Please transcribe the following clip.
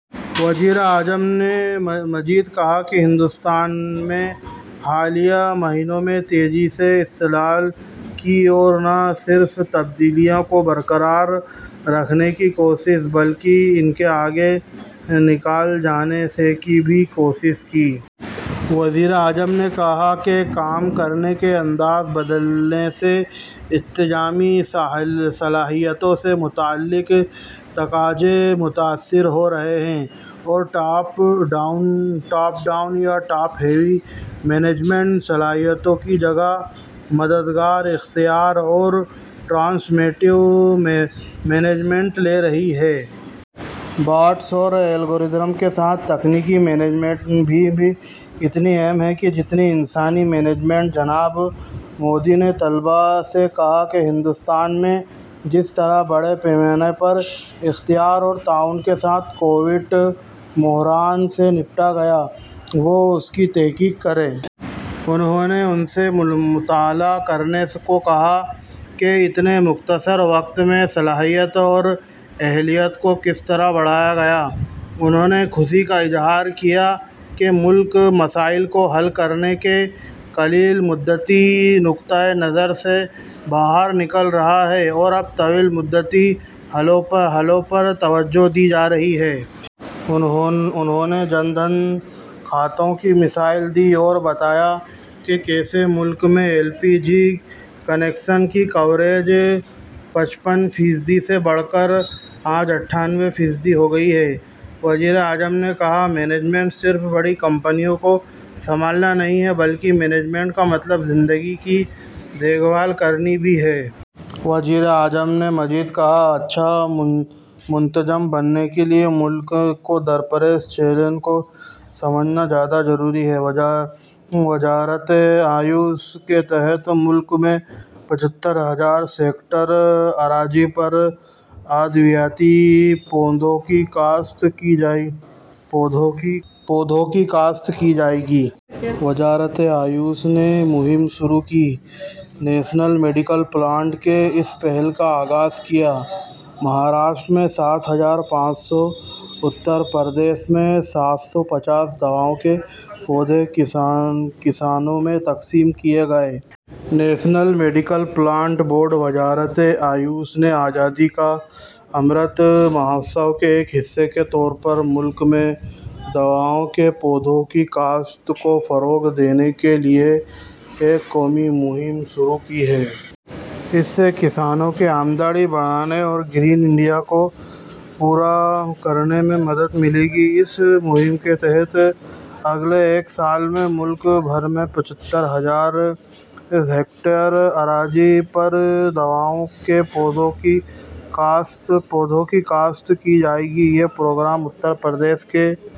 وزیر اعظم نے مزید کہا کہ ہندوستان نے حالیہ مہینوں میں تیزی سے اصلاحات کیں اور نہ صرف ان تبدیلیوں کو برقرار رکھنے کی کوشش کی بلکہ ان سے آگے نکل جانے کی بھی کوشش کی۔ وزیر اعظم نے کہا کہ کام کرنے کے انداز بدلنے سے انتظامی صلاحیتوں سے متعلق تقاضے متاثر ہو رہے ہیں اور ٹاپ ڈاؤن یا ٹاپ ہیوی مینجمنٹ صلاحیتوں کی جگہ مددگار، اختراعی اور ٹرانسفارمیٹو مینجمنٹ لے رہی ہے۔ بوٹس اور الگورتھم کے ساتھ تکنیکی مینجمنٹ بھی اتنی ہی اہم ہے جتنی کہ انسانی مینجمنٹ۔ جناب مودی نے طلبہ سے کہا کہ ہندوستان میں جس طرح بڑے پیمانے پر اختراع اور تعاون کے ساتھ کووڈ بحران سے نمٹا گیا، وہ اس کی تحقیق کریں۔ انہوں نے ان سے مطالعہ کرنے کو کہا کہ اتنے مختصر وقت میں صلاحیت اور اہلیت کو کس طرح بڑھایا گیا۔ انہوں نے خوشی کا اظہار کیا کہ ملک مسئلے کو حل کرنے کے قلیل مدتی نقطہ نظر سے باہر نکل رہا ہے اور اب طویل مدتی حلوں پر توجہ دی جا رہی ہے۔ انہوں نے جن دھن کھاتوں کی مثال دی اور بتایا کہ کیسے ملک میں ایل پی جی کنکشن کی کوریج پچپن فیصد سے بڑھ کر آج اٹھانوے فیصد ہو گئی ہے۔ وزیر اعظم نے کہا، "مینجمنٹ صرف بڑی کمپنیوں کو سنبھالنا نہیں ہے بلکہ مینجمنٹ کا مطلب زندگی کی دیکھ بھال کرنا بھی ہے۔" وزیر اعظم نے مزید کہا کہ اچھا منتظم بننے کے لیے ملک کو درپیش چیلنجوں کو سمجھنا زیادہ ضروری ہے۔ وزارت آیوش کے تحت ملک میں پچھتر ہزار ہیکٹر اراضی پر ادویاتی پودوں کی کاشت کی جائے گی۔ وزارت آیوش نے مہم شروع کی، نیشنل میڈیکل پلانٹس بورڈ نے اس پہل کا آغاز کیا۔ مہاراشٹر میں سات ہزار پانچ سو اور اتر پردیش میں سات سو پچاس دواؤں کے پودے کسانوں میں تقسیم کیے گئے۔ نیشنل میڈیکل پلانٹس بورڈ، وزارت آیوش نے آزادی کا امرت مہوتسو کے ایک حصے کے طور پر ملک میں دواؤں کے پودوں کی کاشت کو فروغ دینے کے لیے ایک قومی مہم شروع کی ہے۔ اس سے کسانوں کی آمدنی بڑھانے اور گرین انڈیا کے خواب کو پورا کرنے میں مدد ملے گی۔ اس مہم کے تحت اگلے ایک سال میں ملک بھر میں پچھتر ہزار ہیکٹر اراضی پر دواؤں کے پودوں کی کاشت کی جائے گی۔ یہ پروگرام اتر پردیش کے...